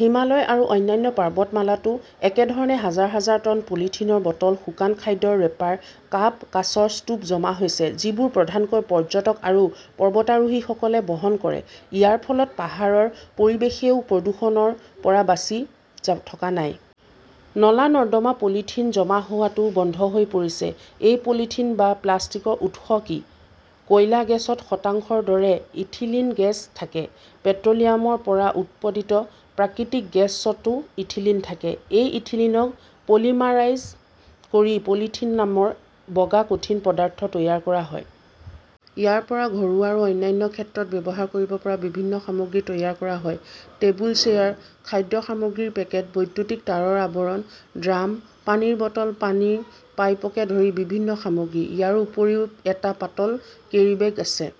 হিমালয় আৰু অন্যান্য পৰ্বতমালাতো একেধৰণে হাজাৰ - হাজাৰ টন পলিথিনৰ বটল, শুকান খাদ্যৰ ৰেপাৰ, কাপ, কাঁচৰ স্তূপ জমা হৈছে, যিবোৰ প্ৰধানকৈ পৰ্যটক আৰু পৰ্বতাৰোহীসকলে বহন কৰে। ইয়াৰ ফলত পাহাৰৰ পৰিৱেশও প্ৰদূষণৰ পৰা বাচি থকা নাই। নলা-নৰ্দমা পলিথিন জমা হোৱাটো বন্ধ হৈ পৰিছে। এই পলিথিন বা প্লাষ্টিকৰ উৎস কি? কয়লা গেছত শতাংশৰ দৰে ইথিলিন গেছ থাকে। পেট্ৰ'লিয়ামৰ পৰা উৎপাদিত প্ৰাকৃতিক গেছতো ইথিলিন থাকে। এই ইথিলিনক পলিমাৰাইজ কৰি পলিথিন নামৰ বগা কঠিন পদাৰ্থ তৈয়াৰ কৰা হয়। ইয়াৰ পৰা ঘৰুৱা আৰু অন্যান্য ক্ষেত্ৰত ব্যৱহাৰ কৰিব পৰা বিভিন্ন সামগ্ৰী তৈয়াৰ কৰা হয়। টেবুল-চেয়াৰ, খাদ্য সামগ্ৰীৰ পেকেট, বৈদ্যুতিক তাঁৰৰ আৱৰণ, ড্ৰাম, পানীৰ বটল, পানীৰ পাইপকে ধৰি বিভিন্ন সামগ্ৰী। ইয়াৰ উপৰিও, এটা পাতল কেৰীবেগ আছে।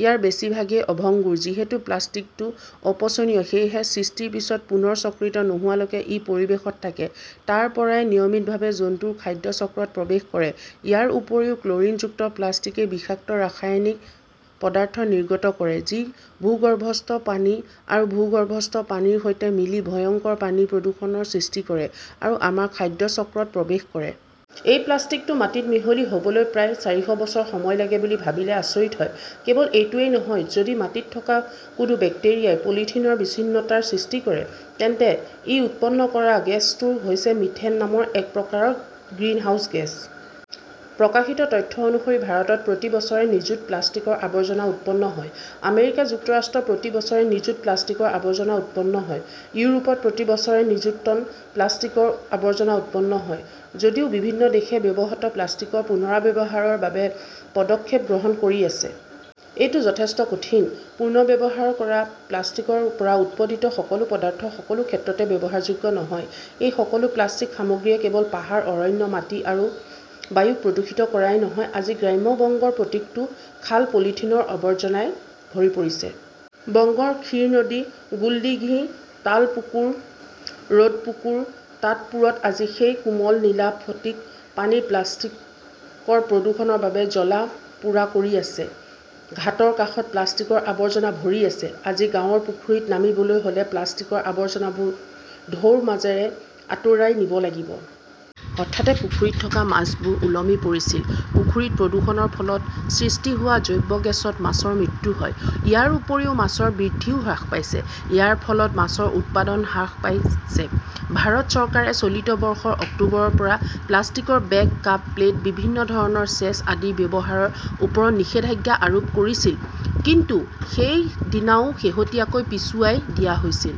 ইয়াৰে বেছিভাগেই অভাংগুৰ। যিহেতু প্লাষ্টিকটো অপচনীয়, সেয়েহে সৃষ্টিৰ পিছত পুনৰ চক্ৰিত নোহোৱালৈকে ই পৰিৱেশত থাকে। তাৰ পৰাই নিয়মিতভাৱে জন্তুৰ খাদ্য চক্ৰত প্ৰৱেশ কৰে। ইয়াৰ উপৰিও ক্লৰিনযুক্ত প্লাষ্টিকই বিষাক্ত ৰাসায়নিক পদাৰ্থ নিৰ্গত কৰে। যি ভূগৰ্ভস্থ পানী আৰু ভূগৰ্ভস্থ পানীৰ সৈতে মিলি ভয়ংকৰ পানী প্ৰদূষণৰ সৃষ্টি কৰে আৰু আমাৰ খাদ্য চক্ৰত প্ৰৱেশ কৰে। এই প্লাষ্টিকটো মাটিত মিহলি হ'বলৈ প্ৰায় চাৰিশ বছৰ সময় লাগে বুলি ভাবিলে আচৰিত হয়। কেৱল এইটোৱেই নহয়, যদি মাটিত থকা কোনো বেক্টেৰিয়াই পলিথিনৰ বিচ্ছিন্নতাৰ সৃষ্টি কৰে, তেন্তে ই উৎপন্ন কৰা গেছটো হৈছে মিথেন নামৰ এক প্ৰকাৰৰ গ্ৰিনহাউজ গেছ। প্ৰকাশিত তথ্য অনুসৰি, ভাৰতত প্ৰতি বছৰে নিযুত প্লাষ্টিকৰ আৱৰ্জনা উৎপন্ন হয়। আমেৰিকা যুক্তৰাষ্ট্ৰত প্ৰতি বছৰে নিযুত প্লাষ্টিকৰ আৱৰ্জনা উৎপন্ন হয়। ইউৰোপত প্ৰতি বছৰে নিযুত টন প্লাষ্টিকৰ আৱৰ্জনা উৎপন্ন হয়। যদিও বিভিন্ন দেশে ব্যৱহৃত প্লাষ্টিক পুনৰ্ব্যৱহাৰৰ বাবে পদক্ষেপ গ্ৰহণ কৰি আছে। এইটোও যথেষ্ট কঠিন। পুনৰ্ব্যৱহাৰ কৰা প্লাষ্টিকৰ পৰা উৎপাদিত সকলো পদাৰ্থ সকলো ক্ষেত্ৰতে ব্যৱহাৰযোগ্য নহয়। এই সকলো প্লাষ্টিক সামগ্ৰীয়ে কেৱল পাহাৰ, অৰণ্য, মাটি আৰু বায়ুক প্ৰদূষিত কৰাই নহয়, আজি গ্ৰাম্য বংগৰ প্ৰতিটো খাল পলিথিনৰ আৱৰ্জনাত ভৰি পৰিছে। বংগৰ ক্ষীৰ নদী, গোল্ডিঘি, তালপুকুৰ, ৰডপুকুৰ, তাঁতপুৰত আজি সেই কোমল নীলা ফটিক পানী প্লাষ্টিক প্ৰদূষণৰ বাবে জ্বলা-পোৰা কৰি আছে। ঘাটৰ কাষত প্লাষ্টিকৰ আৱৰ্জনা ভৰি আছে। আজি গাঁৱৰ পুখুৰীত নামিবলৈ হ'লে প্লাস্তিকৰ আৱৰ্জনাবোৰ ঢৌৰ মাজেৰে আতৰাই নিব লাগিব। হঠাতে পুখুৰীত থকা মাছবোৰ ওলমি পৰিছিল। পুখুৰীত প্ৰদূষণৰ ফলত সৃষ্টি হোৱা জৈৱ গেছত মাছৰ মৃত্যু হয়। ইয়াৰ উপৰিও, মাছৰ বৃদ্ধিও হ্ৰাস পাইছে। ইয়াৰ ফলত মাছৰ উৎপাদনও হ্ৰাস পাইছে। ভাৰত চৰকাৰে চলিত বৰ্ষৰ অক্টোবৰৰ পৰা প্লাষ্টিকৰ বেগ, কাপ, প্লেট, বিভিন্ন ধৰণৰ চেচ আদিৰ ব্যৱহাৰৰ ওপৰত নিষেধাজ্ঞা আৰোপ কৰিছিল। কিন্তু সেই দিনটোও শেহতীয়াকৈ পিছুৱাই দিয়া হৈছিল।